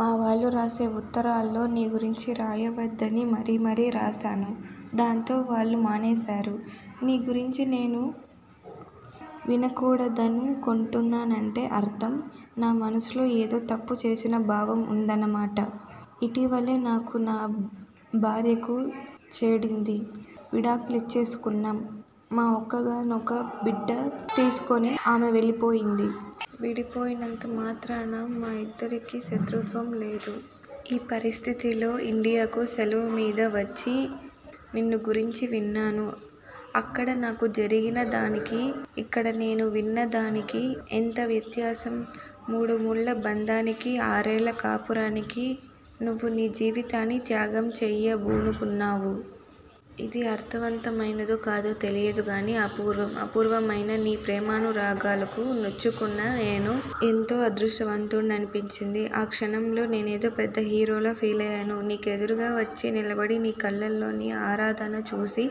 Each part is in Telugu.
మా వాళ్ళు రాసే ఉత్తరాల్లో నీ గురించి రాయవద్దని మరీ మరీ వ్రాశాను. దాంతో వాళ్ళు మానేశారు. నీ గురించి నేను వినకూడదనుకొంటున్నానంటే అర్ధం! నా మనసులో ఏదో తప్పుచేసిన భావం ఉందన్న మాట! ఇటీవలే నాకూ, నా భార్యకూ చెడింది. విడాకులిచ్చేసుకున్నాం. మా ఒక్కగానొక్క బిడ్డను తీసుకొని ఆమె వెళ్ళిపోయింది. విడిపోయినంత మాత్రాన మా ఇద్దరికీ శత్రుత్వం లేదు. ఈ పరిస్థితుల్లో ఇండియాకు సెలవుమీద వచ్చి నిన్ను గురించి విన్నాను. అక్కడ నాకు జరిగిన దానికీ, ఇక్కడ నేను విన్న దానికీ ఎంత వ్యత్యాసం? మూడుముళ్ళ బందానికీ, ఆర్నెల్ల కాపురానికీ నువ్వు నీ జీవితాన్ని త్యాగం చేయబూనుకున్నావు. ఇది అర్దవంతమైనదో కాదో తెలియదుగానీ అపూర్వం! అపూర్వమైన నీ ప్రేమానురాగాలకు నోచుకున్న నేను ఎంతో అదృష్టవంతుడ్నినిపించింది. ఆ క్షణంలో నేనేదో పెద్ద హీరోలా ఫీలయ్యి నీకేడురుగా వచ్చి నిలబడి నీ కళ్ళలోని ఆరాధన చూసి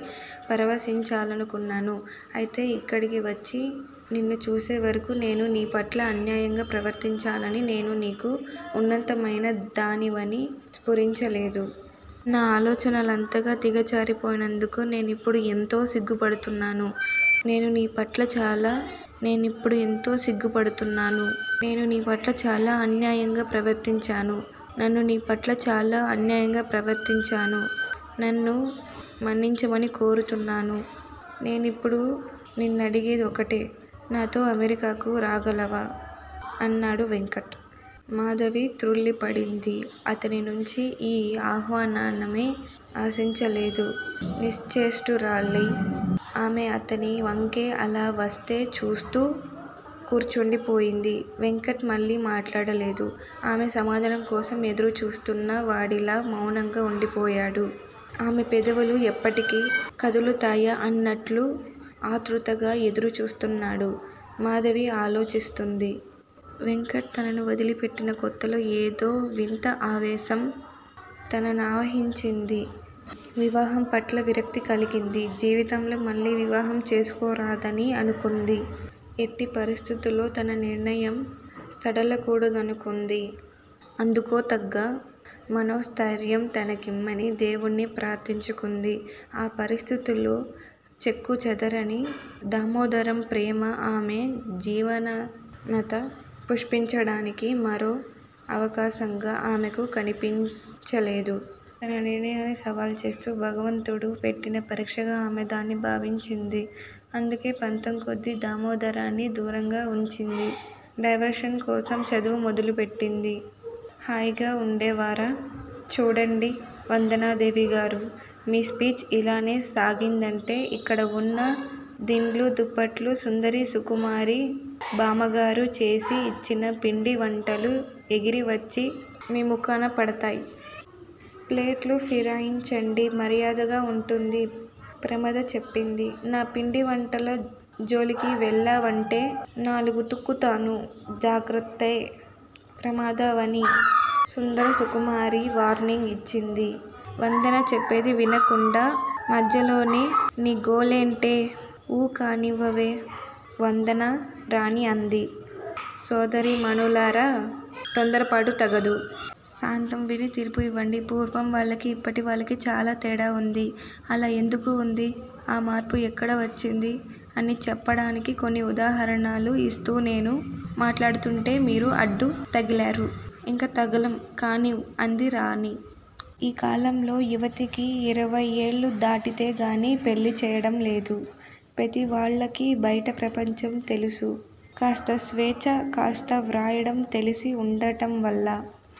పరవశించాలనుకున్నాను. ఐతే ఇక్కడికివచ్చి నిన్ను చూసేవరకూ నేను నీపట్ల అన్యాయంగా ప్రవర్తించాననీ నేను నీకు ఉన్నతమయిన దానివనీ స్పురించలేదు. నా అలోచనలంతగా దిగజారిపొయింనందుకు నేనిప్పుడు ఎంతో సిగ్గుపడుతున్నాను. నేను నీపట్ల చాలా నేనిప్పుడు ఎంతో సిగ్గు పడుతున్నాను. నేను నీపట్ల చాలా అన్యాయంగా ప్రవర్తించాను. నన్ను నీపట్ల చాలా అన్యాయంగా ప్రవర్తించాను. నన్ను మన్నించమని కోరుతున్నాను. నేనిప్పుడు నిన్నదిగేది ఒక్కటే. నాతో అమెరికాకు రాగలవా? అన్నాడు వెంకట్. మాధవి త్రుళ్ళి పడింది. అతనినుంచి ఈ ఆహ్వాన్నాన్నమే ఆశించలేదు. నిశ్చేష్టురాలై ఆమె అతనివంకే అలా వస్తే చూస్తూ కూర్చుండి పోయింది. వెంకట్ మళ్ళీ మాట్లాడలేదు. ఆమె సమాధానం కోసం ఎదురుచూస్తున్న వాడిలా మౌనంగా ఉందిపోయాడు. ఆమె పెదవులు ఎప్పటికి కదులుతాయా అన్నట్లు అత్రుతుగా ఎదురుచూస్తున్నాడు. మాధవి ఆలోచిస్తుంది. వెంకట్ తనను వదిలిపెట్టిన కొత్తలో ఏదో వింత ఆవేశం తననావహింది. వివాహంపట్ల విరక్తి కలిగింది. జీవితంలో మళ్ళీ వివాహం చేసుకోరాదనీ అనుకుంది. ఎట్టి పరిస్థితుల్లల్లో తన తన నిర్ణయం సడలకూడదనుకొంది. అందుకోతగ్గ మనోస్థయిర్యం తనకిమ్మని దేవుణ్నీ ప్రార్ధించుకుంది. ఆ పరిస్థితుల్లో చెక్కుచెదరని దామోదరం ప్రేమ ఆమె జీవలనత పుష్పించడానికి మరో అవకాశంగా ఆమెకు కనిపించలేదు. తన నిర్ణయాన్ని సవాల్ చేస్తూ భగవంతుడు పెట్టిన పరీక్షిగా ఆమె దాన్ని భావించింది. అందుకే పంతంకొద్దీ దామోదరాన్ని దూరంగా వుంచింది. డైవర్షన్ కోసం చదువు మొదలుపెట్టింది. హాయిగా ఉండేవారా? చూడండి వందనాదేవిగారు! మీ స్పీచ్ ఇలానే సాగిందంటే ఇక్కడ ఉన్న దిండ్లు దుప్పట్లు సుందరి సుకుమారి బామ్మగారు చేసి ఇచ్చిన పిండివంటలు ఎగిరివచ్చి మీ ముఖాన పడతాయ్. ప్లేటు ఫిరాయించండి మర్యాదగా ఉంటుంది ప్రమద చెప్పింది. నా పిండి వంటల జోలికి వెళ్ళావంటే నాలుగుతుకుతాను జాగ్రత్తే ప్రమదావని! సుందర సుకుమారి వార్నింగ్ ఇచ్చింది. వందన చెప్పేది వినకుండ మధ్యలో నీ గోలేంటే? ఊ కానివ్వవే వందనా! రాణి అంది. సోదరీ మణులారా! తొందరపాటు తగదు. సాంతం విని తీర్పు ఇవ్వండి. పూర్వం వాళ్ళకి ఇప్పటి వాళ్ళకి చాలా తేడా ఉంది. అలా ఎందుకు ఉంది? ఆ మార్పు ఎక్కడ వచ్చింది? అని చెప్పడానికి కొన్ని ఉదాహరణలు ఇస్తూ నేను మాట్లాడుతూంటే మీరు అడ్డు తగిలారు. ఇంకా తగలం కానివ్ అంది రాణి. ఈ కాలంలో యువతికి ఇరవైయేళ్ళు దాటితే గాని పెళ్ళి చేయడం లేదు. ప్రతివాళ్ళకి బైట ప్రపంచం తెలుసు. కాస్త స్వేచ్చ కాస్త వ్రాయడం తెలిసి ఉండటంవల్ల